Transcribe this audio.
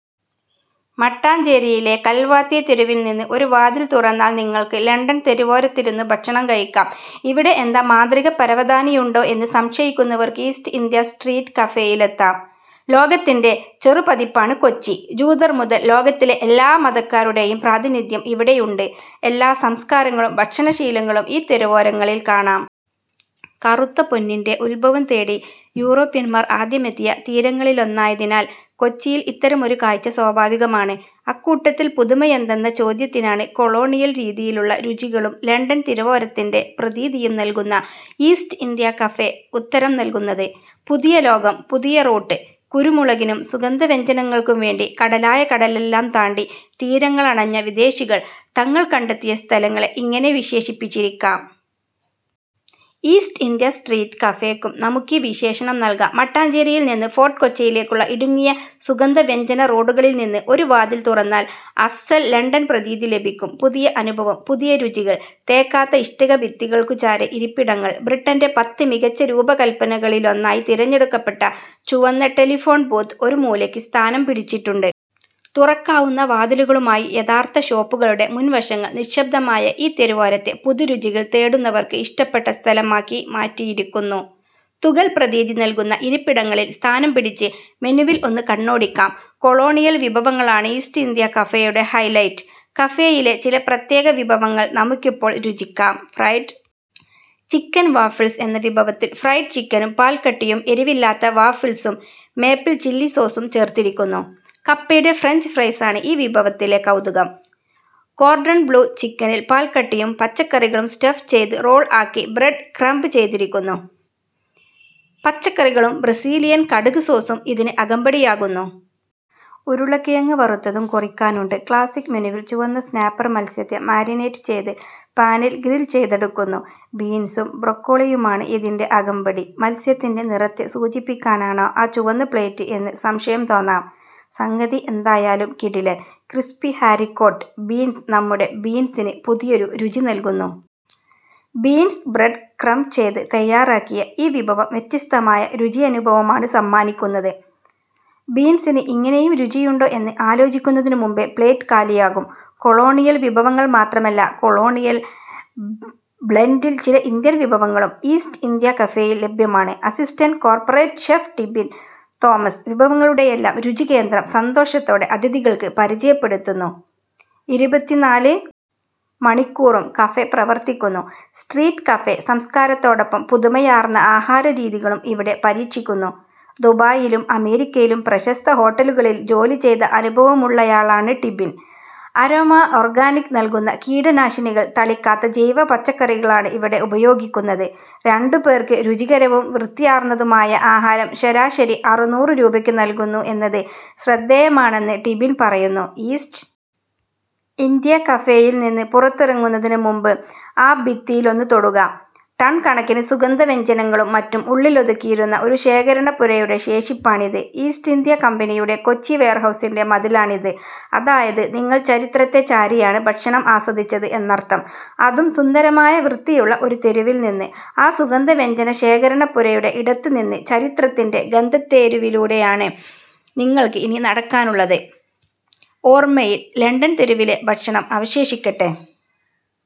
മട്ടാഞ്ചേരിയിലെ കൽവാത്തി തെരുവിൽനിന്ന് ഒരു വാതിൽ തുറന്നാൽ നിങ്ങൾക്ക് ലണ്ടൻ തെരുവോരത്തിരുന്ന് ഭക്ഷണം കഴിക്കാം. ഇവിടെ എന്താ മാന്ത്രികപ്പരവതാനിയുണ്ടോ എന്ന് സംശയിക്കുന്നവർക്ക് ഈസ്റ്റ് ഇന്ത്യ സ്ട്രീറ്റ് കഫേയിലെത്താം. ലോകത്തിന്റെ ചെറുപതിപ്പാണ് കൊച്ചി. ജൂതർ മുതൽ ലോകത്തിലെ എല്ലാ മതക്കാരുടെയും പ്രാതിനിധ്യം ഇവിടെയുണ്ട്. എല്ലാ സംസ്കാരങ്ങളും ഭക്ഷണശീലങ്ങളും ഈ തെരുവോരങ്ങളിൽ കാണാം. കറുത്ത പൊന്നിന്റെ ഉദ്ഭവം തേടി യൂറോപ്യൻമാർ ആദ്യമെത്തിയ തീരങ്ങളിലൊന്നായതിനാൽ കൊച്ചിയിൽ ഇത്തരമൊരു കാഴ്ച സ്വാഭാവികമാണ്. അക്കൂട്ടത്തിൽ പുതുമയെന്തെന്ന ചോദ്യത്തിനാണ് കൊളോണിയൽ രീതിയിലുള്ള രുചികളും ലണ്ടൻ തെരുവോരത്തിന്റെ പ്രതീതിയും നൽകുന്ന ഈസ്റ്റ് ഇന്ത്യാ കഫേ ഉത്തരം നൽകുന്നത്. പുതിയ ലോകം. പുതിയ റൂട്ട്. കുരുമുളകിനും സുഗന്ധവ്യഞ്ജനങ്ങൾക്കും വേണ്ടി കടലായ കടലെല്ലാം താണ്ടി തീരങ്ങളണഞ്ഞ വിദേശികൾ തങ്ങൾ കണ്ടെത്തിയ സ്ഥലങ്ങളെ ഇങ്ങനെ വിശേഷിപ്പിച്ചിരിക്കാം. ഈസ്റ്റ് ഇന്ത്യ സ്ട്രീറ്റ് കഫേയ്ക്കും നമുക്കീ വിശേഷണം നൽകാം. മട്ടാഞ്ചേരിയിൽനിന്ന് ഫോർട്ട് കൊച്ചിയിലേക്കുള്ള ഇടുങ്ങിയ സുഗന്ധവ്യഞ്ജന റോഡുകളിൽനിന്ന് ഒരു വാതിൽ തുറന്നാൽ അസ്സൽ ലണ്ടൻ പ്രതീതി ലഭിക്കും. പുതിയ അനുഭവം. പുതിയ രുചികൾ. തേക്കാത്ത ഇഷ്ടികഭിത്തികൾക്കു ചാരെ ഇരിപ്പിടങ്ങൾ. ബ്രിട്ടന്റെ പത്ത് മികച്ച രൂപകൽപ്പനകളിലൊന്നായി തിരഞ്ഞെടുക്കപ്പെട്ട ചുവന്ന ടെലിഫോൺ ബൂത്ത് ഒരു മൂലയ്ക്ക് സ്ഥാനം പിടിച്ചിട്ടുണ്ട്. തുറക്കാവുന്ന വാതിലുകളുമായി അയഥാർഥ ഷോപ്പുകളുടെ മുൻവശങ്ങൾ നിശ്ശബ്ദമായ ഈ തെരുവോരത്തെ പുതുരുചികൾ തേടുന്നവർക്ക് ഇഷ്ടപ്പെട്ട സ്ഥലമാക്കി മാറ്റിയിരിക്കുന്നു. തുകൽ പ്രതീതി നൽകുന്ന ഇരിപ്പിടങ്ങളിൽ സ്ഥാനം പിടിച്ച് മെനുവിൽ ഒന്ന് കണ്ണോടിക്കാം. കൊളോണിയൽ വിഭവങ്ങളാണ് ഈസ്റ്റ് ഇന്ത്യാ കഫേയുടെ ഹൈലൈറ്റ്. കഫേയിലെ ചില പ്രത്യേക വിഭവങ്ങൾ നമുക്കിപ്പോൾ രുചിക്കാം. ഫ്രൈഡ് ചിക്കൻ വാഫിൾസ് എന്ന വിഭവത്തിൽ ഫ്രൈഡ് ചിക്കനും പാൽക്കട്ടിയും എരിവില്ലാത്ത വാഫിൾസും മേപ്പിൾ ചില്ലി സോസും ചേർത്തിരിക്കുന്നു. കപ്പയുടെ ഫ്രഞ്ച് ഫ്രൈസാണ് ഈ വിഭവത്തിലെ കൗതുകം. കോർഡൺ ബ്ല്യൂ ചിക്കനിൽ പാൽക്കട്ടിയും പച്ചക്കറികളും സ്റ്റഫ് ചെയ്ത് റോൾ ആക്കി ബ്രെഡ് ക്രംപ് ചെയ്തിരിക്കുന്നു. പച്ചക്കറികളും ബ്രസീലിയൻ കടുക് സോസും ഇതിന് അകമ്പടിയാകുന്നു. ഉരുളക്കിഴങ്ങ് വറുത്തതും കൊറിക്കാനുണ്ട്. ക്ലാസിക് മെനുവിൽ ചുവന്ന സ്നാപ്പർ മത്സ്യത്തെ മാരിനേറ്റ് ചെയ്ത് പാനിൽ ഗ്രിൽ ചെയ്തെടുക്കുന്നു. ബീൻസും ബ്രൊക്കോളിയുമാണ് ഇതിന്റെ അകമ്പടി. മത്സ്യത്തിന്റെ നിറത്തെ സൂചിപ്പിക്കാനാണോ ആ ചുവന്ന പ്ലേറ്റ് എന്ന് സംശയം തോന്നാം. സംഗതി എന്തായാലും കിടിലൻ. ക്രിസ്പി ഹാരിക്കോട്ട് ബീൻസ് നമ്മുടെ ബീൻസിന് പുതിയൊരു രുചി നൽകുന്നു. ബീൻസ് ബ്രെഡ് ക്രംപ് ചെയ്ത് തയ്യാറാക്കിയ ഈ വിഭവം വ്യത്യസ്തമായ രുചിയനുഭവമാണ് സമ്മാനിക്കുന്നത്. ബീൻസിന് ഇങ്ങനെയും രുചിയുണ്ടോ എന്ന് ആലോചിക്കുന്നതിന് മുമ്പേ പ്ലേറ്റ് കാലിയാകും. കൊളോണിയൽ വിഭവങ്ങൾ മാത്രമല്ല. കൊളോണിയൽ ബ്ലെൻഡിൽ ചില ഇന്ത്യൻ വിഭവങ്ങളും ഈസ്റ്റ് ഇന്ത്യാ കഫേയിൽ ലഭ്യമാണ്. Assistant corporate chef Tibin Thomas വിഭവങ്ങളുടെയെല്ലാം രുചികേന്ദ്രം സന്തോഷത്തോടെ അതിഥികൾക്ക് പരിചയപ്പെടുത്തുന്നു. ഇരുപത്തിനാല് മണിക്കൂറും കഫേ പ്രവർത്തിക്കുന്നു. സ്ട്രീറ്റ് കഫേ സംസ്കാരത്തോടൊപ്പം പുതുമയാർന്ന ആഹാരരീതികളും ഇവിടെ പരീക്ഷിക്കുന്നു. ദുബായിലും അമേരിക്കയിലും പ്രശസ്ത ഹോട്ടലുകളിൽ ജോലി ചെയ്ത അനുഭവമുള്ളയാളാണ് ടിബിൻ. അരോമ ഓർഗാനിക് നൽകുന്ന കീടനാശിനികൾ തളിക്കാത്ത ജൈവ പച്ചക്കറികളാണ് ഇവിടെ ഉപയോഗിക്കുന്നത്. രണ്ടുപേർക്ക് രുചികരവും വൃത്തിയാർന്നതുമായ ആഹാരം ശരാശരി അറുനൂറ് രൂപയ്ക്ക് നൽകുന്നു എന്നത് ശ്രദ്ധേയമാണെന്ന് ടിബിൻ പറയുന്നു. ഈസ്റ്റ് ഇന്ത്യാ കഫേയിൽനിന്ന് പുറത്തിറങ്ങുന്നതിന് മുമ്പ് ആ ഭിത്തിയിലൊന്ന് തൊടുക. ടൺ കണക്കിന് സുഗന്ധവ്യഞ്ജനങ്ങളും മറ്റും ഉള്ളിലൊതുക്കിയിരുന്ന ഒരു ശേഖരണപ്പുരയുടെ ശേഷിപ്പാണിത്. ഈസ്റ്റ് ഇന്ത്യാ കമ്പനിയുടെ കൊച്ചി വെയർഹൗസിന്റെ മതിലാണിത്. അതായത് നിങ്ങൾ ചരിത്രത്തെ ചാരിയാണ് ഭക്ഷണം ആസ്വദിച്ചത് എന്നർഥം. അതും സുന്ദരമായ വൃത്തിയുള്ള ഒരു തെരുവിൽനിന്ന്. ആ സുഗന്ധവ്യഞ്ജന ശേഖരണപ്പുരയുടെ ഇടത്തിൽനിന്ന് ചരിത്രത്തിന്റെ ഗന്ധത്തേരുവിലൂടെയാണ് നിങ്ങൾക്ക് ഇനി നടക്കാനുള്ളത്. ഓർമയിൽ ലണ്ടൻ തെരുവിലെ ഭക്ഷണം അവശേഷിക്കട്ടെ.